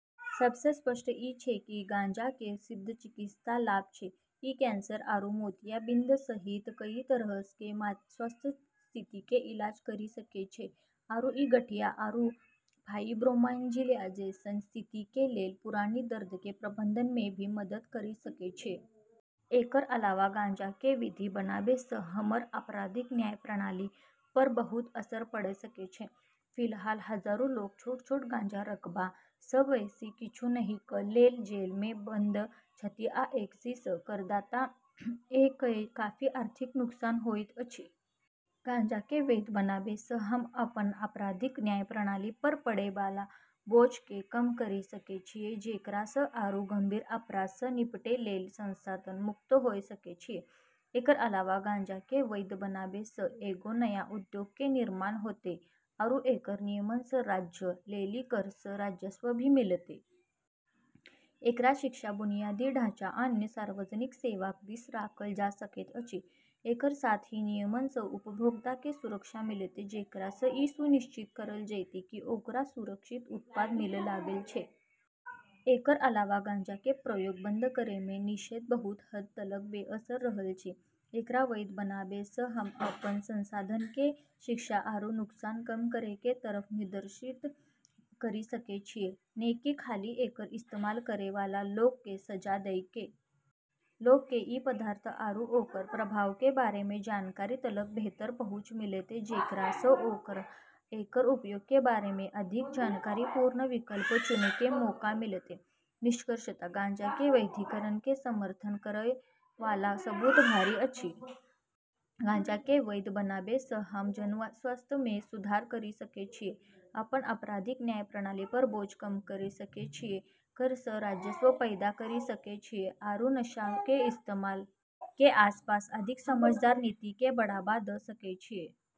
सबसऽ स्पष्ट ई छै कि गांजा केरऽ सिद्ध चिकित्सा लाभ छै ।ई कैंसर आरू मोतियाबिंद सहित कई तरह के स्वास्थ्य स्थिति के इलाज करी सकै छै आरू ई गठिया आरू फाइब्रोमायल्जिया जैसनऽ स्थिति के लेलऽ पुरानी दर्द के प्रबंधन मे भी मदद करी सकै छै। एकरऽ अलावा गांजा के विधि बनाबै सऽ हमरऽ आपराधिक न्याय प्रणाली पर बहुत असर पड़ऽ सकै छै। फिलहाल हजारो लोक छोट-छोट गांजा रखबा सऽ बेसी किछु नहि कऽ लेल जेल मे बंद छथि आ एहि सऽ करदाता कए काफी आर्थिक नुकसान होइत अछि। गांजा के वैध बनाबै सऽ हम अपनऽ आपराधिक न्याय प्रणाली पर पड़ै वाला बोझ के कम करी सकै छियै जेकरा सऽ आरू गंभीर अपराध सऽ निपटै लेली संसाधन मुक्त होय सकै छियै। एकरऽ अलावा गांजा के वैध बनाबै सऽ एगो नया उद्योग के निर्माण होतै आरू एकरऽ नियमन सऽ राज्यऽ लेली कर सऽ राजस्व भी मिलतै। एकरा शिक्षा बुनियादी ढांचा अन्य सार्वजनिक सेवाक दिस राखल जा सकैत अछि। एकरऽ साथ ही नियमन सऽ उपभोक्ता के सुरक्षा मिलतै जेकरा सऽ ई सुनिश्चित करलऽ जैतै कि ओकरा सुरक्षित उत्पाद मिलऽ लगलऽ छै। एकरऽ अलावा गांजा के प्रयोग बंद करै मऽ निषेध बहुत हद तलक बेअसर रहलऽ छै। एकरा वैध बनाबै सऽ हम् अपनऽ संसाधन के शिक्षा आरू नुकसान कम करै के तरफ निर्देशित करी सकै छियै नै कि खाली एकरऽ इस्तेमाल करै वाला लोगऽ के सजा दै के। लोगऽ के ई पदार्थ आरू ओकरऽ प्रभाव के बारे मे जानकारी तलक बेहतर पहुँच मिलतै जेकरा सऽ ओकरा एकरऽ उपयोग के बारे मे अधिक जानकारीपूर्ण विकल्प चुनै के मौका मिलतै। निष्कर्षतः गांजा के वैधीकरण के समर्थन करय वाला सबूत भारी अछि। गांजा के वैध बनाबै सऽ हम् जनस्वास्थ्य मे सुधार करी सकै छियै अपनऽ आपराधिक न्याय प्रणाली पर बोझ कम करी सकै छियै कर सऽ राजस्व पैदा करी सकै छियै आरू नशा के इस्तेमाल के आसपास अधिक समझदार नीति के बढ़ावा दऽ सकै छियै